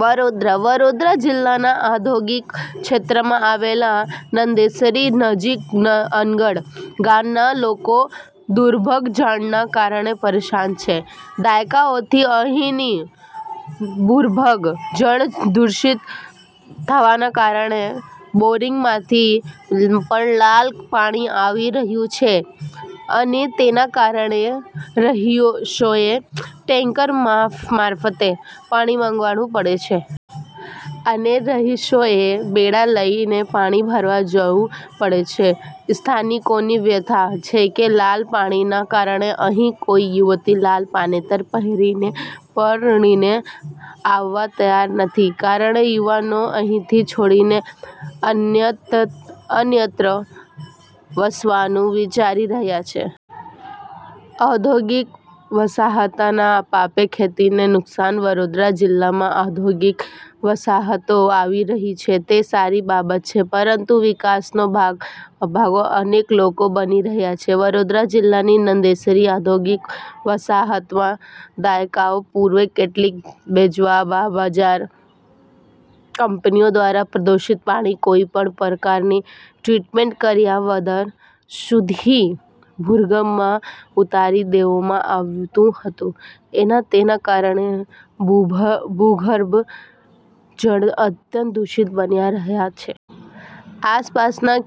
વડોદરાઃ વડોદરા જિલ્લાના ઔદ્યોગિક ક્ષેત્રમાં આવેલ નંદેસરી નજીક અનગઢ ગામના લોકો ભૂગર્ભ જળના કારણે પરેશાન છે. દાયકાઓથી અહીંનું ભૂગર્ભ જળ દુષિત થવાના કારણે બોરિંગમાંથી પણ લાલ પાણી આવી રહ્યું છે. અને તેના કારણે રહીશોએ ટેન્કર મારફતે પાણી મંગાવવું પડે છે. અને રહીશોએ બેડા લઈને પાણી ભરવા જવું પડે છે. સ્થાનિકોની વ્યથા છે કે લાલ પાણીના કારણે અહીં કોઈ યુવતી લાલ પાનેતર પહેરીને પરણીને આવવા તૈયાર નથી. કારણે યુવાનો અહીંથી છોડીને અન્યત્ર વસવાનું વિચારી રહ્યા છે. ઔદ્યોગિક વસાહતના પાપે ખેતીને નુકસાન વડોદરા જિલ્લામાં ઔદ્યોગિક વસાહતો આવી રહી છે તે સારી બાબત છે. પરંતુ વિકાસનો ભોગ અનેક લોકો બની રહ્યા છે. વડોદરા જિલ્લાની નંદેસરી ઔદ્યોગિક વસાહતમાં દાયકાઓ પૂર્વે કેટલીક બેજવાબદાર કંપનીઓ દ્વારા પ્રદુષિત પાણી કોઈ પણ પ્રકારની ટ્રીટમેન્ટ કર્યા વગર સુધુ ભૂગર્ભમાં ઉતારી દેવામાં આવતું હતું અને તેના કારણે ભૂગર્ભ જળ અત્યંત દુષિત બન્યા હતા. આસપાસના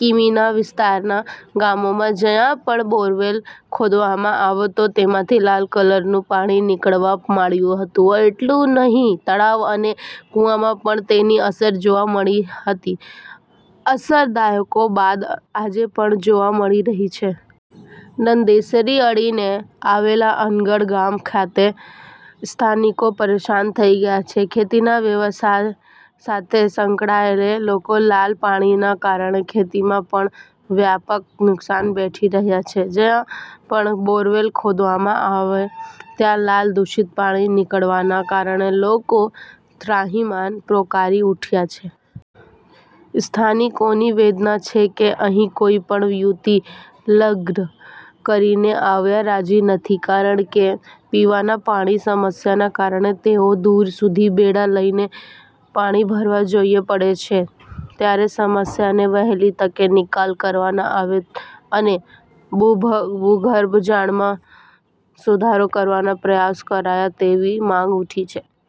કિમીના વિસ્તારના ગામોમાં જ્યાં પણ બોરવેલ ખોદવામાં આવે તો તેમાંથી લાલ કલરનું પાણી નીકળવા માંડ્યું હતું. એટલુંનહીં તળાવ અને કુવામાં પણ તેની અસર જોવા મળી હતી. અસર દાયકાઓ બાદ આજે પણ જોવા મળી રહી છે. નંદેસરીને અડીને આવેલા અનગઢ ગામ ખાતે સ્થાનિકો પરેશાન થઇ ગયા છે. ખેતીના વ્યવસાય સાથે સંકળાયેલ લોકો લાલ પાણીના કારણે ખેતીમાં પણ વ્યાપક નુકસાન વેઠી રહ્યા છે. જ્યાં પણ બોરવેલ ખોદવામાં આવે ત્યાં લાલ દુષિત પાણી નીકળવાના કારણે લોકો ત્રાહિમામ પોકારી ઉઠ્યા છે. સ્થાનિકોની વેદના છે કે અહીં કોઈ પણ યુવતી લગ્ન કરીને આવવા રાજી નથી કારણ કે પીવાના પાણીની સમસ્યાના કારણે તેઓએ દૂર સુધી બેડા લઈને પાણી ભરવા જવું પડે છે. ત્યારેસમસ્યાનો વહેલી તકે નિકાલ કરવામાં આવે અને ભૂગર્ભ જળમાં સુધારો કરવાના પ્રયાસો કરાય તેવી માંગ ઉઠી છે.